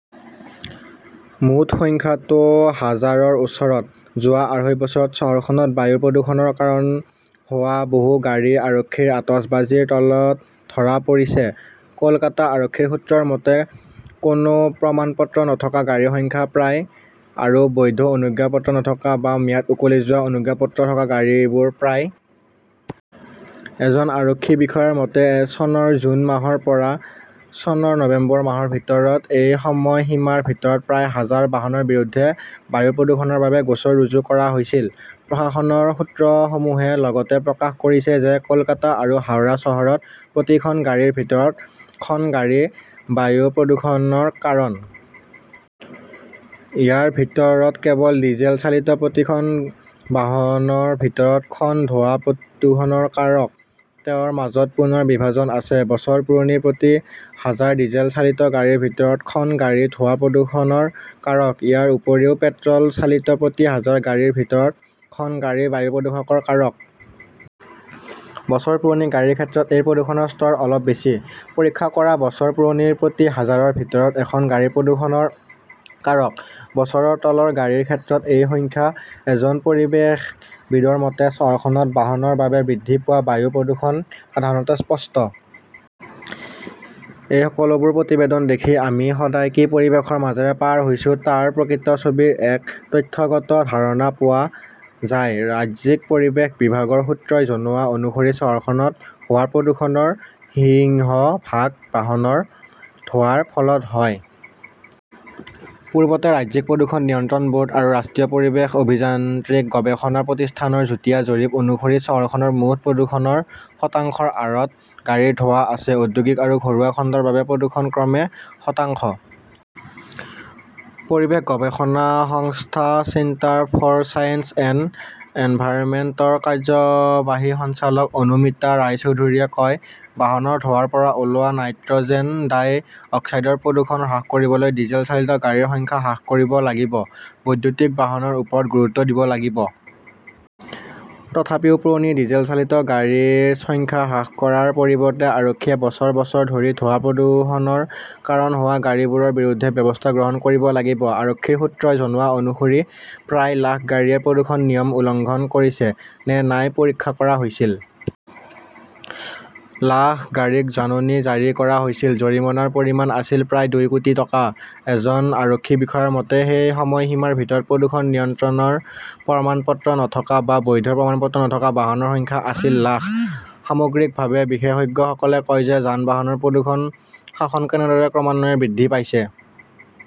মুঠ সংখ্যাটো হাজাৰৰ ওচৰত! যোৱা আঢ়ৈ বছৰত চহৰখনত বায়ু প্ৰদূষণৰ কাৰণ হোৱা বহু গাড়ী আৰক্ষীৰ আতচবাজীৰ তলত ধৰা পৰিছে। কলকাতা আৰক্ষীৰ সূত্ৰৰ মতে, কোনো প্ৰমাণপত্ৰ নথকা গাড়ীৰ সংখ্যা প্ৰায়। আৰু বৈধ অনুজ্ঞাপত্ৰ নথকা বা ম্যাদ উকলি যোৱা অনুজ্ঞাপত্ৰ থকা গাড়ীবোৰ প্ৰায়। এজন আৰক্ষী বিষয়াৰ মতে, " চনৰ জুন মাহৰ পৰা চনৰ নৱেম্বৰ মাহৰ ভিতৰত এই সময়সীমাৰ ভিতৰত প্ৰায় হাজাৰ বাহনৰ বিৰুদ্ধে বায়ু প্ৰদূষণৰ বাবে গোচৰ ৰুজু কৰা হৈছিল। "প্ৰশাসনৰ সূত্ৰসমূহে লগতে প্ৰকাশ কৰিছে যে কলকাতা আৰু হাওৰা চহৰত প্ৰতি খন গাড়ীৰ ভিতৰত খন গাড়ী বায়ু প্ৰদূষণৰ কাৰণ। ইয়াৰ ভিতৰত কেৱল ডিজেল চালিত প্ৰতি খন বাহনৰ ভিতৰত খন ধোঁৱা-প্ৰদূষণৰ কাৰক। তেওঁৰ মাজত পুনৰ বিভাজন আছে। বছৰ পুৰণি, প্ৰতি হাজাৰ ডিজেল চালিত গাড়ীৰ ভিতৰত খন গাড়ী ধোঁৱা-প্ৰদূষণৰ কাৰক। ইয়াৰ উপৰিও, পেট্ৰ "ল চালিত প্ৰতি হাজাৰ গাড়ীৰ ভিতৰত খন গাড়ী বায়ু প্ৰদূষণৰ কাৰক। বছৰ পুৰণি গাড়ীৰ ক্ষেত্ৰত এই প্ৰদূষণৰ স্তৰ অলপ বেছি। পৰীক্ষা কৰা বছৰ পুৰণি প্ৰতি হাজাৰৰ ভিতৰত খন গাড়ী প্ৰদূষণৰ কাৰক। বছৰৰ তলৰ গাড়ীৰ ক্ষেত্ৰত সেই সংখ্যা। এজন পৰিৱেশবিদৰ মতে, "চহৰখনত বাহনৰ বাবে বৃদ্ধি পোৱা বায়ু প্ৰদূষণ সাধাৰণতে স্পষ্ট। এই সকলোবোৰ প্ৰতিবেদন দেখি আমি সদায় কি পৰিৱেশৰ মাজেৰে পাৰ হৈছো তাৰ প্ৰকৃত ছবিৰ এক তথ্যগত ধাৰণা পোৱা যায়। "ৰাজ্যিক পৰিৱেশ বিভাগৰ সূত্ৰই জনোৱা অনুসৰি চহৰখনত হোৱা প্ৰদূষণৰ সিংহভাগ বাহনৰ ধোঁৱাৰ ফলত হয়। পূৰ্বতে ৰাজ্যিক প্ৰদূষণ নিয়ন্ত্ৰণ ব "ৰ্ড আৰু ৰাষ্ট্ৰীয় পৰিৱেশ অভিযান্ত্ৰিক গৱেষণা প্ৰতিষ্ঠান ৰ যুটীয়া জৰীপ অনুসৰি চহৰখনৰ মুঠ প্ৰদূষণৰ শতাংশৰ আঁৰত গাড়ীৰ ধোঁৱা আছে। ঔদ্যোগিক আৰু ঘৰুৱা খণ্ডৰ বাবে প্ৰদূষণ ক্ৰমে আৰু শতাংশ। পৰিৱেশ গৱেষণা সংস্থা centre for science and environment ৰ কাৰ্যবাহী সঞ্চালক অনুমিতা ৰায়চৌধুৰীয়ে কয়, "বাহনৰ ধোঁৱাৰ পৰা ওলোৱা নাইট্ৰ" জেন-ডাই অক্সাইডৰ প্ৰদূষণ হ্ৰাস কৰিবলৈ ডিজেল চালিত গাড়ীৰ সংখ্যা হ্ৰাস কৰিব লাগিব। বৈদ্যুতিক বাহনৰ ওপৰত গুৰুত্ব দিব লাগিব। "তথাপিও, পুৰণি ডিজেল চালিত গাড়ীৰ সংখ্যা হ্ৰাস কৰাৰ পৰিৱৰ্তে আৰক্ষীয়ে বছৰ বছৰ ধৰি ধোঁৱা-প্ৰদূষণৰ কাৰণ হোৱা গাড়ীবোৰৰ বিৰুদ্ধে ব্যৱস্থা গ্ৰহণ কৰিব লাগিব। আৰক্ষীৰ সূত্ৰই জনোৱা অনুসৰি, প্ৰায় লাখ গাড়ীয়ে প্ৰদূষণ-নিয়ম উলংঘন কৰিছে নে নাই পৰীক্ষা কৰা হৈছিল। লাখ গাড়ীক জাননী জাৰি কৰা হৈছিল। জৰিমনাৰ পৰিমাণ আছিল প্ৰায় দুই কোটি টকা। এজন আৰক্ষী বিষয়াৰ মতে, "সেই সময়সীমাৰ ভিতৰত প্ৰদূষণ নিয়ন্ত্ৰণৰ প্ৰমাণপত্ৰ নথকা বা বৈধ প্ৰমাণপত্ৰ নথকা বাহনৰ সংখ্যা আছিল লাখ! "সামগ্ৰিকভাৱে, বিশেষজ্ঞসকলে কয় যে যান-বাহনৰ প্ৰদূষণ-শাসন কেনেদৰে ক্ৰমান্বয়ে বৃদ্ধি পাইছে